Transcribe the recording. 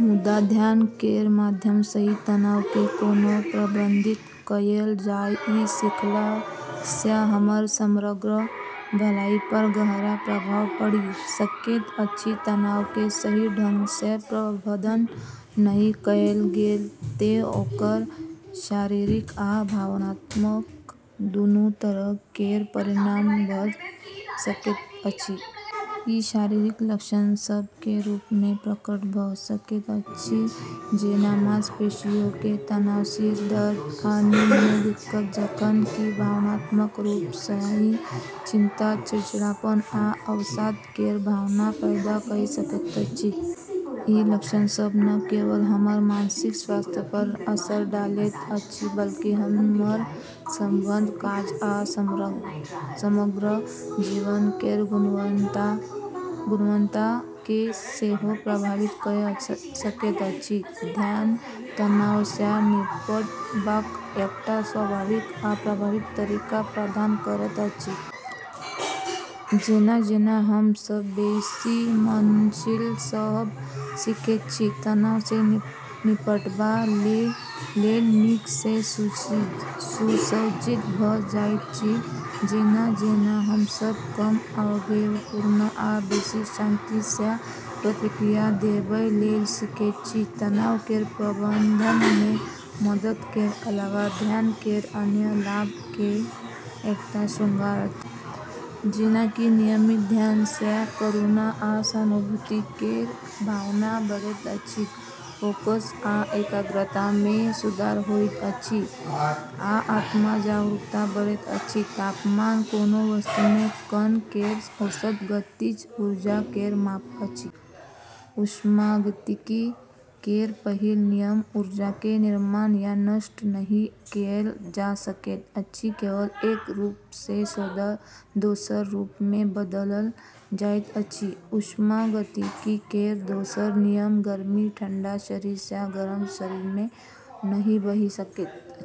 मुदा, ध्यान केर माध्यम सँ ई तनाव केँ कोना प्रबंधित कएल जाय, ई सीखला सँ हमर समग्र भलाई पर गहरा प्रभाव पड़ि सकैत अछि। तनाव केँ सही ढंग सँ प्रबंधन नहि कएल गेल तँ ओकर शारीरिक आ भावनात्मक दुनू तरह केर परिणाम भऽ सकैत अछि। ई शारीरिक लक्षण सभ केर रूप मे प्रकट भऽ सकैत अछि जेना मांसपेशियों केर तनाव, सिर दर्द, आ नींद मे दिक्कत, जखन कि भावनात्मक रूप सँ ई चिंता, चिड़चिड़ापन आ अवसाद केर भावना पैदा कऽ सकैत अछि। ई लक्षण सभ न केवल हमर मानसिक स्वास्थ्य पर असर डालैत अछि बल्कि हमर संबंध, काज आ समग्र जीवन केर गुणवत्ता केँ सेहो प्रभावित कऽ सकैत अछि। ध्यान तनाव सँ निपटबाक एकटा स्वाभाविक आ प्रभावी तरीका प्रदान करैत अछि। जेना-जेना हम सभ बेसी मननशील रहब सीखैत छी, तनाव सँ निपटबा लेल नीक सँ सुसज्जित भऽ जाइत छी, जेना-जेना हम सभ कम आवेगपूर्ण आ बेसी शांति सँ प्रतिक्रिया देबय लेल सीखैत छी। तनाव केर प्रबंधन मे मदद केर अलावा, ध्यान केर अन्य लाभ केर एकटा श्रृंखला अछि। जेना कि नियमित ध्यान सँ करुणा आ सहानुभूति केर भावना बढ़ैत अछि, फोकस आ एकाग्रता मे सुधार होइत अछि, आ आत्म-जागरूकता बढ़ैत अछि। तापमान कोनो वस्तु मे कण केर औसत गतिज ऊर्जा केर माप अछि। ऊष्मागतिकी केर पहिल नियम: ऊर्जा केर निर्माण या नष्ट नहि कएल जा सकैत अछि, केवल एक रूप सँ दोसर रूप मे बदलल जाइत अछि। ऊष्मागतिकी केर दोसर नियम: गर्मी ठंडा शरीर सँ गरम शरीर मे नहि बहि सकैत अछि।